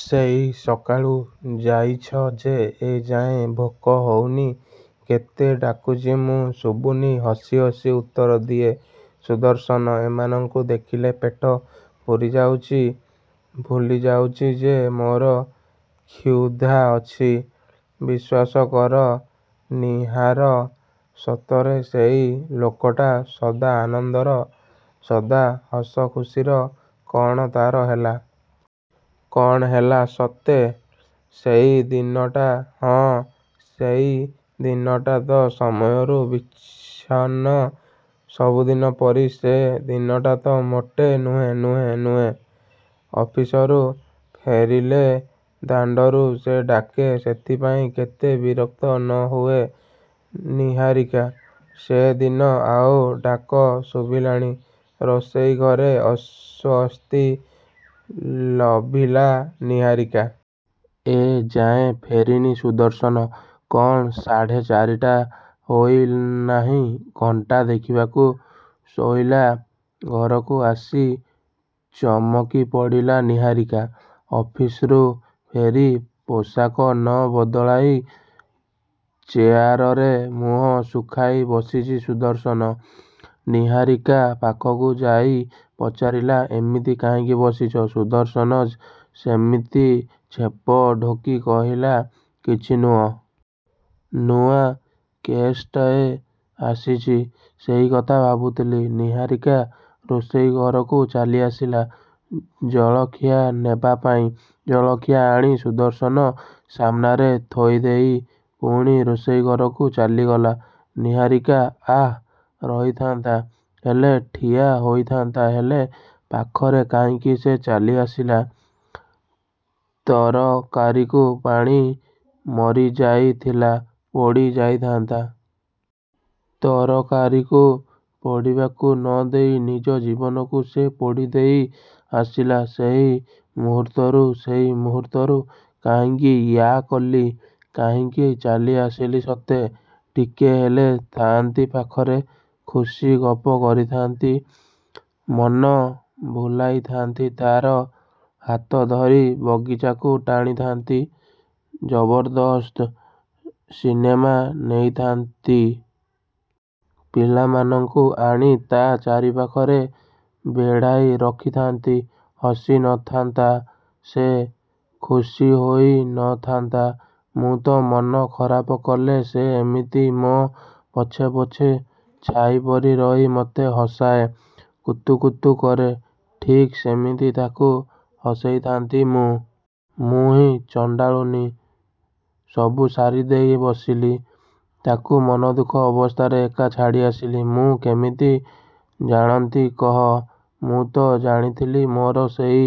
ସେଇ ସକାଳୁ ଯାଇଛ ଯେ ଏ ଯାଏଁ ଭୋକ ହଉନି? କେତେ ଡାକୁଚି ମୁଁ, ଶୁଭୁନି? ହସି ହସି ଉତ୍ତର ଦିଏ ସୁଦର୍ଶନ, ଏମାନଙ୍କୁ ଦେଖିଲେ ପେଟ ପୂରିଯାଉଚି, ଭୁଲିଯାଉଚି ଯେ ମୋର କ୍ଷୁଧା ଅଛି, ବିଶ୍ୱାସ କର ନିହାର, ସତରେ! ସେଇ ଲୋକଟା, ସଦା ଆନନ୍ଦର, ସଦା ହସଖୁସୀର, କ'ଣ ତା'ର ହେଲା? କ'ଣ ହେଲା ସତେ? ସେଇ ଦିନଟା…. ହଁ, ସେଇ ଦିନଟା ତା ସମୟରୁ ବିଚ୍ଛନ୍ନ, ସବୁଦିନ ପରି ସେ ଦିନଟା ତ ମୋଟେ ନୁହେଁ, ନୁହେଁ, ନୁହେଁ। ଅଫିସରୁ ଫେରିଲେ ଦାଣ୍ଡରୁ ସେ ଡାକେ। ସେଥିପାଇଁ କେତେ ବିରକ୍ତ ନ ହୁଏ ନିହାରିକା? ସେ ଦିନ ଆଉ ଡାକ ଶୁଭିଲାନି, ରୋଷେଇ ଘରେ, ଅଶ୍ଵସ୍ତି ଲଭିଲା ନିହାରିକା। ଏ ଯାଁ ଫେରିନି ସୁଦର୍ଶନ? କ'ଣ ସାଢ଼େଚାରି ହୋଇ ନାହିଁ? ଘଣ୍ଟା ଦେଖିବାକୁ ଶୋଇଲା ଘରକୁ ଆସି ଚମକିପଡ଼ିଲା ନିହାରିକା। ଅଫିସରୁ ଫେରି ପୋଷାକ ନ ବଦଳାଇ, ଚେଆରରେ ମୁହଁ ଶୁଖାଇ ବସିଚି ସୁଦର୍ଶନ। ନିହାରିକା ପାଖକୁ ଯାଇ ପଚାରିଲା, ଏମିତି କାହିଁକି ବସିଛ? ସୁଦର୍ଶନ ସେମିତି ଛେପ ଢୋକି କହିଲା–କିଛି ନୁହଁ। ନୂଆ କେଶ୍ଟାଏ ଆସିଚି, ସେଇ କଥା ଭାବୁଥିଲି। ନିହାରିକା ରୋଷେଇଘରକୁ ଚାଲିଆସିଲା ଜଳଖିଆ ନେବା ପାଇଁ। ଜଳଖିଆ ଆଣି ସୁଦର୍ଶନ ସାମ୍ନାରେ ଥୋଇଦେଇ ପୁଣି ରୋଷେଇଘରକୁ ଚାଲିଗଲା ନିହାରିକା। ଆଃ! ରହିଥାନ୍ତା ହେଲେ! ଠିଆ ହୋଇଥାନ୍ତା ହେଲେ ପାଖରେ, କାହିଁକି ସେ ଚାଲିଆସିଲା? ତରକାରିକୁ ପାଣି ମରିଯାଇଥିଲା, ପୋଡ଼ି ଯାଇଥାନ୍ତା। ତରକାରିକୁ ପୋଡ଼ିବାକୁ ନ ଦେଇ ନିଜ ଜୀବନକୁ ସେ ପୋଡ଼ି ଦେଇ ଆସିଲା ସେଇ ମୁହୂର୍ତ୍ତରୁ… ସେଇ ମୁହୂର୍ତ୍ତରୁ… କାହିଁକି ୟା କଲି! କାହିଁକି ଚାଲି ଆସିଲି ସତେ-! ଟିକେ ହେଲେ ଥାଆନ୍ତି ପାଖରେ। ଖୁସୀ ଗପ କରିଥାନ୍ତି। ମନ ଭୁଲାଇଥାନ୍ତି ତାର। ହାତ ଧରି ବଗିଚାକୁ ଟାଣିଥାନ୍ତି, ଜବରଦସ୍ତ ସିନେମା ନେଇଥାନ୍ତି। ପିଲାମାନଙ୍କୁ ଆଣି ତା' ଚାରିପାଖରେ ବେଢ଼ାଇ ରଖିଥାନ୍ତି। ହସି ନ ଥାନ୍ତା ସେ? ଖୁସୀ ହୋଇ ନ ଥାନ୍ତା? ମୁଁ ତ ମନ ଖରାପ କଲେ ସେ ଏମିତି ମୋ' ପଛେ ପଛେ ଛାଇ ପରି ରହି ମତେ ହସାଏ, କୁତୁକୁତୁ କରେ। ଠିକ୍ ସେମିତି ତାକୁ ହସେଇଥାନ୍ତି ମୁଁ। ମୁହିଁ ଚଣ୍ଡାଳୁଣୀ ସବୁ ସାରି ଦେଇ ବସିଲି। ତାକୁ ମନଦୁଃଖ ଅବସ୍ଥାରେ ଏକା ଛାଡ଼ି ଆସିଲି। ମୁଁ କିମିତି ଜାଣନ୍ତି କହ? ମୁଁ ତ ଜାଣିଥିଲି ମୋର ସେଇ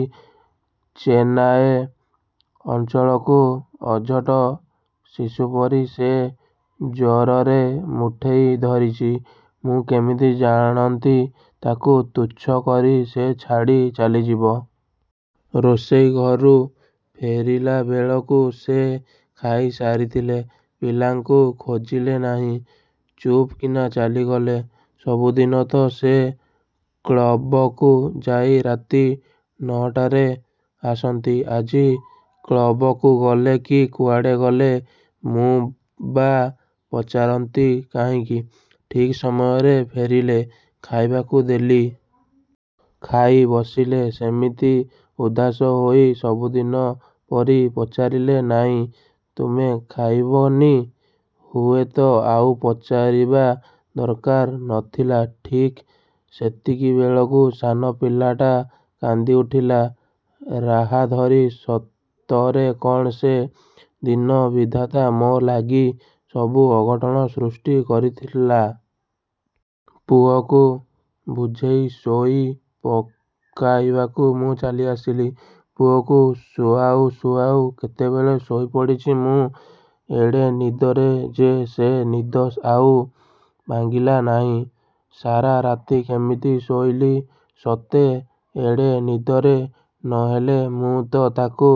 ଚେନାଏ ଅଞ୍ଚଳକୁ ଅଝଟ ଶିଶୁପରି ସେ ଜୋରରେ ମୁଠେଇ ଧରିଚି। ମୁଁ କିମିତି ଜାଣନ୍ତି ତାକୁ ତୁଚ୍ଛ କରି ସେ ଛାଡ଼ି ଚାଲିଯିବ! ରୋଷେଇଘରୁ ଫେରିଲାବେଳକୁ ସେ ଖାଇ ସାରିଥିଲେ। ପିଲାଙ୍କୁ ଖୋଜିଲେ ନାହିଁ। ଚୁପ୍କିନା ଚାଲିଗଲେ। ସବୁଦିନ ତ ସେ କ୍ଳବକୁ ଯାଇ ରାତି ନଅଟାରେ ଆସନ୍ତି। ଆଜି କ୍ଳବକୁ ଗଲେ କି କୁଆଡ଼େ ଗଲେ, ମୁଁ ବା ପଚାରନ୍ତି କାହିଁକି? ଠିକ୍ ସମୟରେ ଫେରିଲେ। ଖାଇବାକୁ ଦେଲି। ଖାଇ ବସିଲେ ସେମିତି ଉଦାସ ହୋଇ। ସବୁଦିନ ପରି ପଚାରିଲେ ନାଇଁ, ତମେ ଖାଇବ ନି? ହୁଏ ତ ଆଉ ପଚାରିବା ଦରକାର ନ ଥିଲା। ଠିକ୍ ସେତିକିବେଳକୁ ସାନ ପିଲାଟା କାନ୍ଦି ଉଠିଲା ରାହାଧରି ସତରେ କ'ଣ ସେ ଦିନ ବିଧାତା ମୋ' ଲାଗି ସବୁ ଅଘଟଣ ସୃଷ୍ଟି କରିଥିଲା? ପୁଅକୁ ବୁଝେଇ ଶୋଇ ପକାଇବାକୁ ମୁଁ ଚାଲି ଆସିଲି। ପୁଅକୁ ଶୁଆଉ ଶୁଆଉ କେତେବେଳେ ଶୋଇପଡ଼ିଚି ମୁଁ ଏଡ଼େ ନିଦରେ ଯେ ସେ ନିଦ ଆଉ ଭାଙ୍ଗିଲା ନାହିଁ….। ସାରା ରାତି କେମିତି ଶୋଇଲି ସତେ ଏଡ଼େ ନିଦରେ? ନ ହେଲେ ମୁଁ ତ ତାକୁ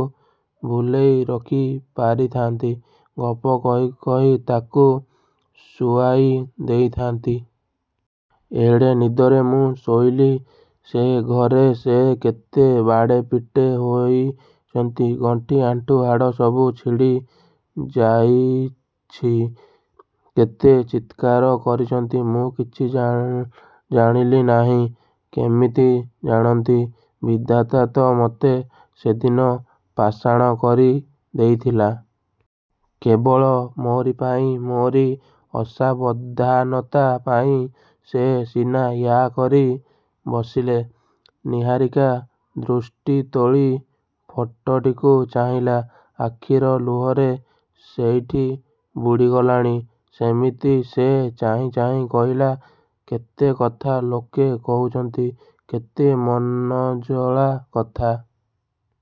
ଭୁଲେଇ ରଖିପାରିଥାନ୍ତି; ଗପ କହି କହି ତାକୁ ଶୁଆଇ ଦେଇଥାନ୍ତି। ଏଡ଼େ ନିଦରେ ମୁଁ ଶୋଇଲି। ସେ ଘରେ ସେ କେତେ ବାଡ଼େ ପିଟି ହୋଇଚନ୍ତି। ଗଣ୍ଠି ଆଣ୍ଠୁ ହାଡ଼ ସବୁ ଛିଡ଼ି ଯାଇଛି। କେତେ ଚିତ୍କାର କରିଚନ୍ତି। ମୁଁ କିଛି ଜାଣିଲି ନାହିଁ କେମିତି ଜାଣନ୍ତି? ବିଧାତା ତ ମତେ ସେଦିନ ପାଷାଣ କରି ଦେଇଥିଲା। କେବଳ ମୋରି ପାଇଁ, ମୋ'ରି ଅସାବଧାନତା ପାଇଁ ସେ ସିନା ୟା କରି ବସିଲେ…! ନିହାରିକା ଦୃଷ୍ଟି ତୋଳି ଫଟୋଟିକୁ ଚାହିଁଲା। ଆଖିର ଲୁହରେ ସେଇଠି ବୁଡ଼ିଗଲାଣି। ସେମିତି ସେ ଚାହିଁ ଚାହିଁ କହିଲା, "କେତେ କଥା ଲୋକେ କହୁଛନ୍ତି, କେତେ ମନଜଳା କଥା।